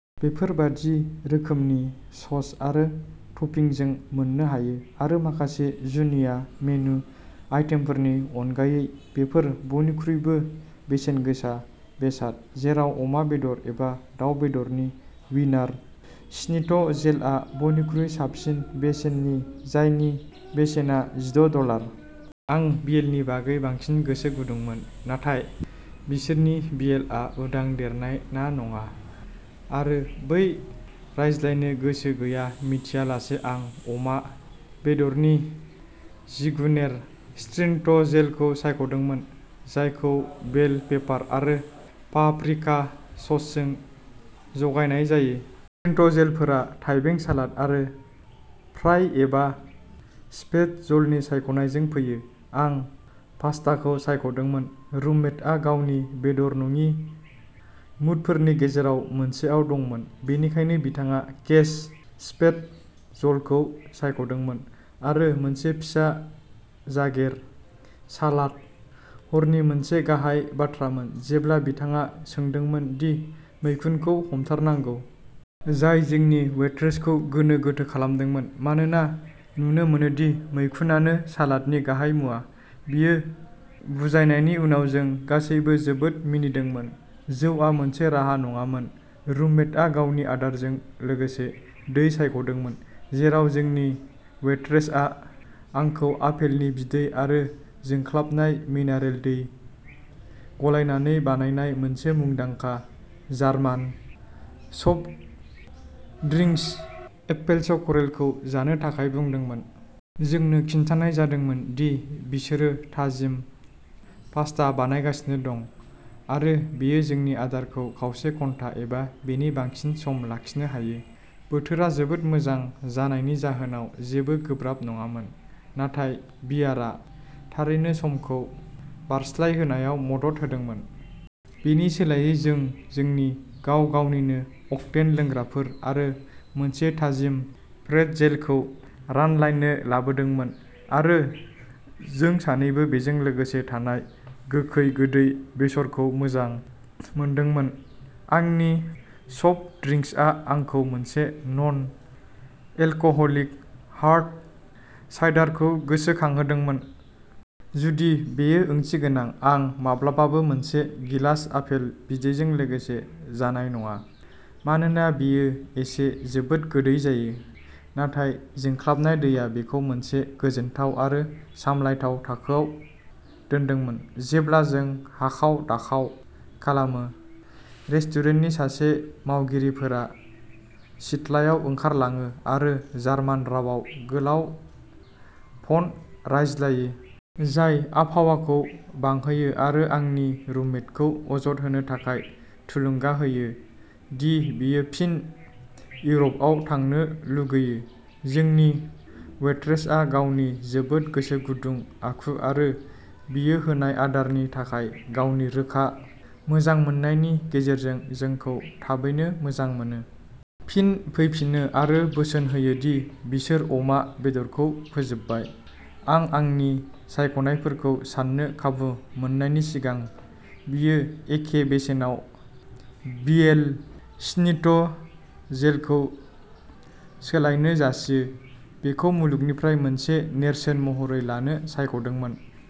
बेफोर बायदि रोखोमनि सस आरो टपिंजों मोननो हायो। आरो माखासे जुनिया मेनु आइटेमफोरनि अनगायै बेफोर बयनिख्रुइबो बेसेनगोसा बेसाद जेराव अमा बेदर एबा दाव बेदरनि वीनार स्निटजेलआ बयनिख्रुइ खमसिन बेसेननि जायनि बेसेना जिद’ डलार। आं भियेलनि बागै बांसिन गोसो गुदुंमोन। नाथाय बिसोरनि भियेलआ उदां देरनाय ना नङा आरो बै रायज्लायनो गोसो गैया मिथियालासे आं अमा बेदरनि जिगुनेर श्निटजेलखौ सायख'दोंमोन। जायखौ बेल पेपार आरो पाप्रिका ससजों जगायनाय जायो। श्निटजेलफोरा थाइबें सालाद आरो फ्राइ एबा स्पेटजलनि सायख'नायजों फैयो। आं पास्ताखौ सायख'दोंमोन। रुममेटआ गावनि बेदर नङि मुडफोरनि गेजेराव मोनसेआव दंमोन। बेनिखायनो बिथाङा केस स्पेटजलखौ सायख'दोंमोन। आरो मोनसे फिसा जागेर सालात। हरनि मोनसे गाहाय बाथ्रामोन जेब्ला बिथाङा सोंदोंमोन दि मैखुनखौ हमथारनांगौ। जाय जोंनि वेट्रेसखौ गोनो गोथो खालामदोंमोन मानोना नुनो मोनो दि मैखुनानो सालादनि गाहाय मुवा। बियो बुजायनायनि उनाव जों गासैबो जोबोद मिनिदोंमोन। जौआ मोनसे राहा नङामोन। रुममेटआ गावनि आदारजों लोगोसे दै सायख'दोंमोन जेराव जोंनि वेट्रेसआ आंखौ आपेलनि बिदै आरो जोंख्लाबनाय मिनारेल दै गलायनानै बानायनाय मोनसे मुंदांखा जार्मान सफ्ट ड्रिंक्स एपफेल्सकरलेखौ जानो थाखाय बुंदोंमोन। जोंनो खिन्थानाय जादोंमोन दि बिसोरो थाजिम पास्ता बानायगासिनो दं आरो बेयो जोंनि आदारखौ खावसे घन्टा एबा बेनि बांसिन सम लाखिनो हायो। बोथोरा जोबोद मोजां जानायनि जाहोनाव जेबो गोब्राब नङामोन। नाथाय बियारा थारैनो समखौ बारस्लायहोनायाव मदद होदोंमोन। बेनि सोलायै जों जोंनि गाव-गावनि नो अक्टेन लोंग्राफोर आरो मोनसे थाजिम प्रेट्जेलखौ रानलायनो लाबोदोंमोन। आरो जों सानैबो बेजों लोगोसे थानाय गोखै गोदै बेसरखौ मोजां मोनदोंमोन। आंनि सफ्ट ड्रिंक्सआ आंखौ मोनसे नन एलकहलिक हार्ड साइडारखौ गोसोखांहोदोंमोन। जुदि बेयो ओंथिगोनां। आं माब्लाबाबो मोनसे गिलास आफेल बिदैजों लोगोसे जानाय नङा। मानोना बेयो एसे जोबोद गोदै जायो। नाथाय जोंख्लाबनाय दैया बेखौ मोनसे गोजोनथाव आरो सामलायथाव थाखोआव दोनदोंमोन। जेब्ला जों हाखाव-दाखाव खालामो रेस्टुरेन्टनि सासे मावगिरिफोरा सिथलायाव ओंखारलाङो आरो जार्मान रावाव गोलाव फन रायज्लायो। जाय आबहावाखौ बांहोयो आरो आंनि रुममेटखौ अजद होनो थाखाय थुलुंगा होयो दि बियो फिन इउर'पआव थांनो लुगैयो। जोंनि वेट्रेसआ गावनि जोबोद गोसो गुदुं आखु आरो बियो होनाय आदारनि थाखाय गावनि रोखा मोजांमोननायनि गेजेरजों जोंखौ थाबैनो मोजां मोनो। फिन फैफिनो आरो बोसोन होयो दि बिसोर अमा बेदरखौ फोजोबबाय। आं आंनि सायख'नायफोरखौ सान्नो खाबु मोननायनि सिगां बियो एखे बेसेनाव भियेल स्निट्जेलखौ सोलायनो जासियो। बेखौ मुलुगनिफ्राय मोनसे नेरसोन महरै लानो सायख'दोंमोन।